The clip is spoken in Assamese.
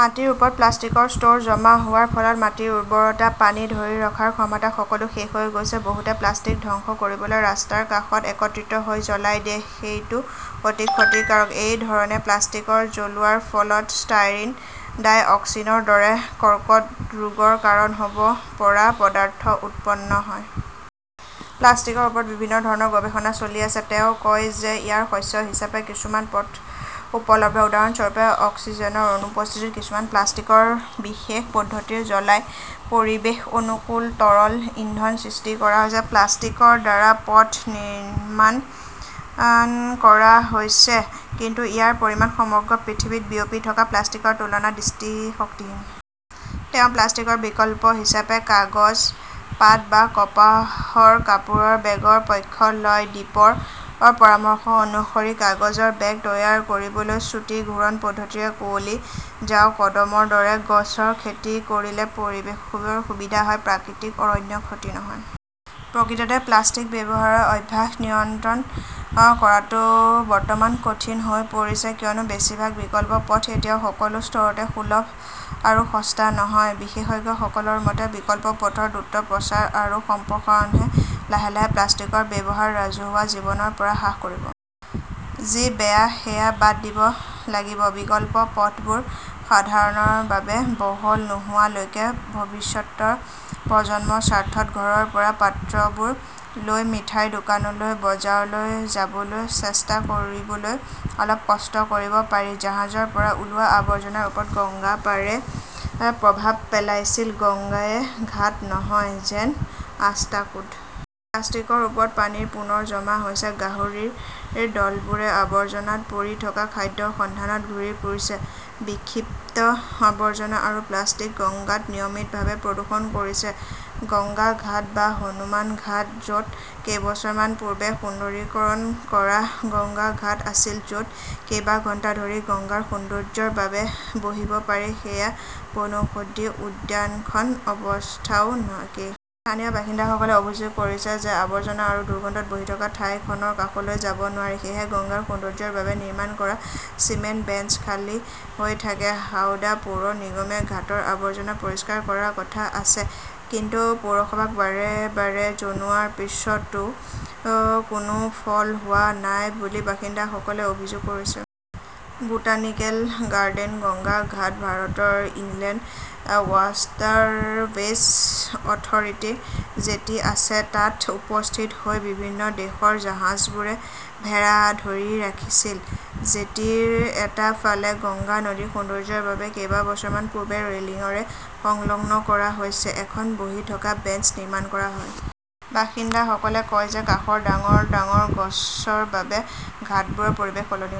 মাটিৰ ওপৰত প্লাষ্টিকৰ স্তৰ জমা হোৱাৰ ফলত মাটিৰ উৰ্বৰতা, পানী ধৰি ৰখাৰ ক্ষমতা সকলো শেষ হৈ গৈছে। বহুতে প্লাষ্টিক ধ্বংস কৰিবলৈ ৰাস্তাৰ কাষত একত্ৰিত হৈ জ্বলাই দিয়ে। সেইটো অতি ক্ষতিকাৰক। এই ধৰণে প্লাষ্টিক জ্বলোৱাৰ ফলত ষ্টাইৰিন, ডাইঅক্সিনৰ দৰে কৰ্কট ৰোগৰ কাৰণ হ'ব পৰা পদাৰ্থ উৎপন্ন হয়। প্লাষ্টিকৰ ওপৰত বিভিন্ন ধৰণৰ গৱেষণা চলি আছে। তেওঁ কয় যে ইয়াৰ শস্য হিচাপে কিছুমান পথ উপলব্ধ। উদাহৰণস্বৰূপে, অক্সিজেনৰ অনুপস্থিতিত কিছুমান প্লাষ্টিক বিশেষ পদ্ধতিৰে জ্বলাই পৰিৱেশ-অনুকূল তৰল ইন্ধন সৃষ্টি কৰা হৈছে, প্লাষ্টিকৰ দ্বাৰা পথ নিৰ্মাণ কৰা হৈছে, কিন্তু ইয়াৰ পৰিমাণ সমগ্ৰ পৃথিৱীত বিয়পি থকা প্লাষ্টিকৰ তুলনাত দৃষ্টিশক্তিহীন। তেওঁ প্লাষ্টিকৰ বিকল্প হিচাপে কাগজ, পাট বা কপাহৰ কাপোৰৰ বেগৰ পক্ষ লয়। দীপৰ পৰামৰ্শ অনুসৰি কাগজৰ বেগ তৈয়াৰ কৰিবলৈ চুটি ঘূৰণ পদ্ধতিৰে কুঁৱলী, ঝাও, কদমৰ দৰে গছ খেতি কৰিলে পৰিৱেশৰ সুবিধা হয়, প্ৰাকৃতিক অৰণ্যৰ ক্ষতি নহয়। প্ৰকৃততে প্লাষ্টিক ব্যৱহাৰৰ অভ্যাস নিয়ন্ত্ৰণ কৰাটো বৰ্তমান কঠিন হৈ পৰিছে কিয়নো বেছিভাগ বিকল্প পথ এতিয়াও সকলো স্তৰতে সুলভ আৰু সস্তা নহয়। বিশেষজ্ঞসকলৰ মতে, বিকল্প পথসমূহৰ দ্ৰুত প্ৰচাৰ আৰু সম্প্ৰসাৰণেহে লাহে -লাহে প্লাষ্টিকৰ ব্যৱহাৰ ৰাজহুৱা জীৱনৰ পৰা হ্ৰাস কৰিব। যি বেয়া সেয়া বাদ দিব লাগিব। বিকল্প পথবোৰ সাধাৰণৰ বাবে বহল নোহোৱালৈকে ভৱিষ্যতৰ প্ৰজন্মৰ স্বাৰ্থত ঘৰৰ পৰা পাত্ৰবোৰ লৈ মিঠাইৰ দোকানলৈ, বজাৰলৈ যাবলৈ চেষ্টা কৰিবলৈ অলপ কষ্ট কৰিব পাৰি। জাহাজৰ পৰা ওলোৱা আৱৰ্জনাৰ ওপৰত গংগাৰ পাৰে প্ৰভাৱ পেলাইছিল গাঙ্গেয় ঘাট নহয়, যেনে আষ্টাকুড। প্লাষ্টিকৰ ওপৰত পানী পুনৰ জমা হৈছে। গাহৰিৰ দলবোৰে আবৰ্জনাত পৰি থকা খাদ্যৰ সন্ধানত ঘূৰি ফুৰিছে। বিক্ষিপ্ত আৱৰ্জনা আৰু প্লাষ্টিক গঙ্গাত নিয়মিতভাৱে প্ৰদূষণ কৰি আছে। গংগা ঘাট বা হনুমান ঘাট, য 'ত কেইবছৰমান পূৰ্বে সুন্দৰীকৰণ কৰা গংগা ঘাট আছিল, য' ত কেইবা ঘণ্টা ধৰি গংগাৰ সৌন্দৰ্য্যৰ বাবে বহিব পাৰি, সেই বনৌষধি উদ্যানখনৰ অৱস্থাও একেই। স্থানীয় বাসিন্দাসকলে অভিযোগ কৰিছে যে আৱৰ্জনা আৰু দুৰ্গন্ধত বহি থকা ঠাইখনৰ কাষলৈ যাব নোৱাৰি। সেয়েহে গংগাৰ সৌন্দৰ্য্যৰ বাবে নিৰ্মাণ কৰা চিমেণ্ট বেঞ্চ খালী হৈ থাকে। হাওড়া পৌৰ নিগমে ঘাটৰ আৱৰ্জনা পৰিষ্কাৰ কৰাৰ কথা আছে, কিন্তু পৌৰসভাক বাৰে -বাৰে জনোৱাৰ পিছতো কোনো ফল হোৱা নাই বুলি বাসিন্দাসকলে অভিযোগ কৰিছে। বোটানিকেল গাৰ্ডেন গংগা ঘাটত ভাৰতৰ ইনলেণ্ড ৱাটাৰৱেজ অথৰিটিৰ জেটি আছে, তাত উপস্থিত হৈ বিভিন্ন দেশৰ জাহাজবোৰে ভেড়া ধৰি ৰাখিছিল। জেটিৰ এটা ফালে গংগা নদীৰ সৌন্দৰ্য্যৰ বাবে কেইবছৰমান পূৰ্বে ৰেলিংৰে সংলগ্ন কৰা হৈছিল। এখন বহি থকা বেঞ্চ নিৰ্মাণ কৰা হয়। বাসিন্দাসকলে কয় যে কাষৰ ডাঙৰ -ডাঙৰ গছৰ বাবে ঘাটবোৰৰ পৰিৱেশ সলনি হৈছে।